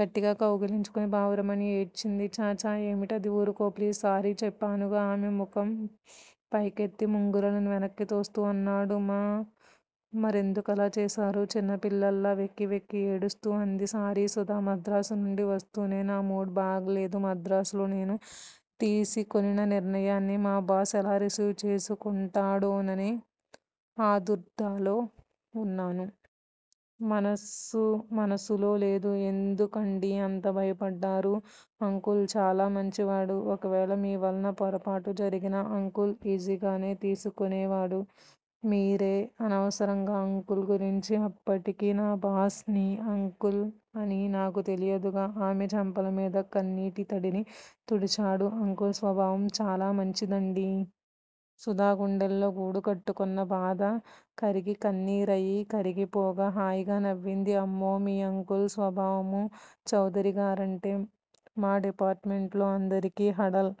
గట్టిగా కౌగలించుకొని బావురుమని ఏడ్చింది. ఛ! ఛ! ఏమిటిది? ఊరుకో ప్లీజ్ సారీ చెప్పానుగా? ఆమె ముఖం పైకెత్తి ముంగురులను వెనక్కు తోస్తూ అన్నాడు. మ మరెందుకలా చేశారు? చిన్నపిల్లలా వెక్కివెక్కి ఏడుస్తూ అంది. సారీ సుధా! మద్రాసునుండి వస్తూనే నా మూడ్ బాగా లేదు మద్రాసులో నేను తీసికొనిన నిర్ణయాన్ని మా బాస్ ఎలా రిసీవ్ చేసుకుంటాడోననే ఆదుర్దాలో వున్నాను. మనసు మనసులో లేదు. ఎందుకండీ అంత భయపడ్డారూ? అంకుల్ చాలా మంచివాడు. ఒకవేళ మీవలన పొరపాటు జరిగినా అంకుల్ ఈజీగానే తీసుకొనేవాడు. మీరే అనవసరంగా అంకుల్ గురించి అప్పటికి నా బాస్ నీ అంకుల్ అని నాకు తెలియదుగా? ఆమె చెంపలమీద కన్నీటితడిని తుడిచాడు. అంకుల్ స్వభావం చాలా మంచిదండీ! సుధ గుండెల్లో గూడుకట్టుకొన్న బాధ కరిగి కన్నీరయి కరిగిపోగా, హాయిగా నవ్వింది. అమ్మో! మీ అంకుల్ స్వభావమూ? చౌదరిగారంటే మా డిపార్టుమెంట్ లో అందరికీ హడల్.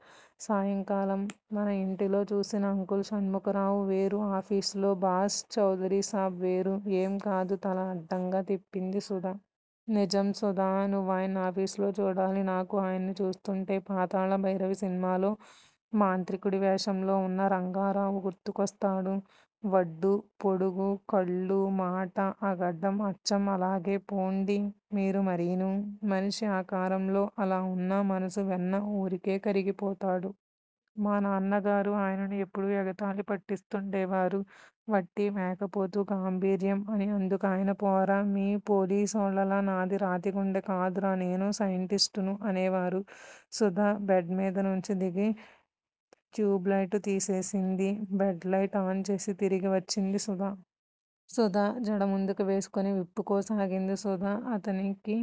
సాయంకాలం మన ఇంటిలో చూసిన అంకుల్ షణ్ముఖరావు వేరు. ఆఫీస్ లో బాస్-చౌదరీసాబ్ వేరు. ఏం కాదు తల అడ్డంగా తిప్పింది సుధ. నిజం సుధా. నువ్వాయన్ని ఆఫీసులో చూడాలి. నాకు ఆయనను చూస్తుంటే పాతాళభైరవి సినిమాలో మాంత్రికుడి వేషంలో వున్న రంగారావు గుర్తుకొస్తాడు. వడ్డూ, పొడుగూ, కళ్ళూ, మాటా, ఆ గడ్డం, అచ్చం అలాగే పోండీ! మీరు మరీనూ? మనిషి ఆకారంలో అలా వున్నా మనసు వెన్న- ఊరికె కరిగిపోతాడు. మానాన్నగారు ఆయనను ఎప్పుడూ ఎగతాళి పట్టిస్తుండేవారు. వట్టి మేకపోతు గాంభీర్యం అని. అందుకాయన- పోరా! మీ పోలీసోళ్ళలా నాది రాతిగుండె కాదురా! నేను సైంటిస్టును అనేవారు. సుధ బెడ్ మీదినుంచి దిగి ట్యూబ్ లైటు తీసేసింది. బెడ్ లైట్ ఆన్ చేసి తిరిగి వచ్చింది. సుధా? సుధ జడముందుకు వేసుకొని విప్పుకోసాగింది. సుధా! అతనికి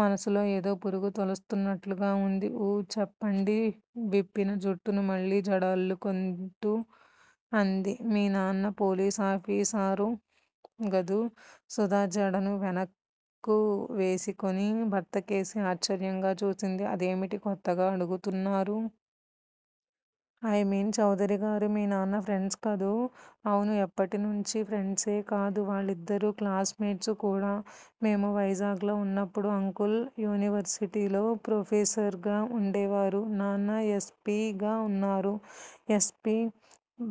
మనసులో ఏదో పురుగు తొలుస్తున్నట్టుగా వుంది. ఊఁ చెప్పండి. విప్పిన జుట్టును మళ్ళీ జడ అల్లుకొంటూ అంది. మీ నాన్న పోలీసాఫీసారు గదూ? సుధ జడను వెనక్కు వేసికొని భర్తకేసి ఆశ్చర్యంగా చూసింది. అదేమిటి కొత్తగా అడుగుతున్నారూ? ఐ మీన్ చౌదరిగారూ, మీ నాన్న ఫ్రెండ్స్ కదూ? అవునూ! ఎప్పటినుంచీ? ఫ్రెండ్సే కాదు. వాళ్ళిద్దరూ క్లాస్ మేట్సు కూడా. మేము వైజాగ్ లో ఉన్నప్పుడు అంకుల్ యూనివర్సిటీ లో ప్రొఫెసర్ గా వుండేవారు. నాన్న యస్. పి. గా ఉన్నారు. యస్పీ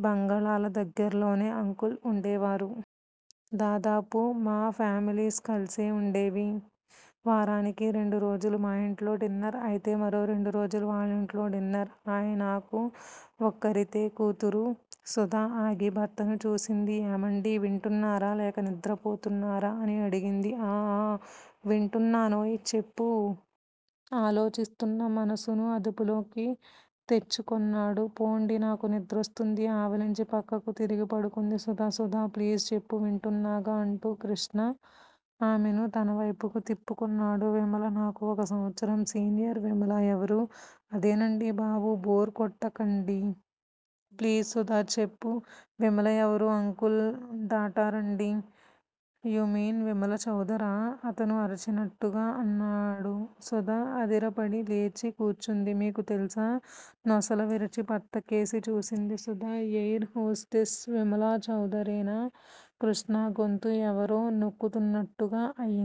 బంగళాల దగ్గరలోనే అంకుల్ వుండేవారు. దాదాపు మా ఫామిలీస్ కలిసే వుండేవి. వారానికి రెండు రోజులు మా ఇంట్లో డిన్నర్ అయితే మరో రెండురోజులు వాళ్ళింట్లో డిన్నర్ ఆయనాకూ ఒక్కరితే కూతురు సుధ ఆగి భర్తను చూసింది. ఏమండీ వింటున్నారా? లేక నిద్రపోతున్నారా? అని అడిగింది. ఆఁ ఆఁ వింటున్నానోయ్ చెప్పూ? ఆలోచిస్తున్న మనసును అదుపులోకి తెచ్చుకున్నాడు. పొండి! నాకు నిద్రొస్తోంది ఆవలించి పక్కకు తిరిగి పడుకుంది సుధ. సుధా! ప్లీజ్ చెప్పు వింటున్నాగా అంటూ కృష్ణ ఆమెను తన వైపుకు తిప్పుకున్నాడు. విమల నాకు ఒక సంవత్సరం సీనియర్. విమలా? ఎవరూ? అదేనండీ బాబు! బోర్ కొట్టకండి. ప్లీజ్ సుధా? చెప్పు. విమల ఎవరూ! అంకుల్ డాటరండీ. యూ మీన్ విమలాచౌదరా? అతను అరిచినట్టుగా అన్నాడు. సుధ అదిరిపడి లేచి కూర్చుంది. మీకు తెలుసా? నొసలు విరిచి భర్త కేసి చూసింది సుధ. ఎయిర్ హోస్టెస్ విమలాచౌదరేనా? కృష్ణ గొంతు ఎవరో నొక్కుతున్నట్టుగా అయింది.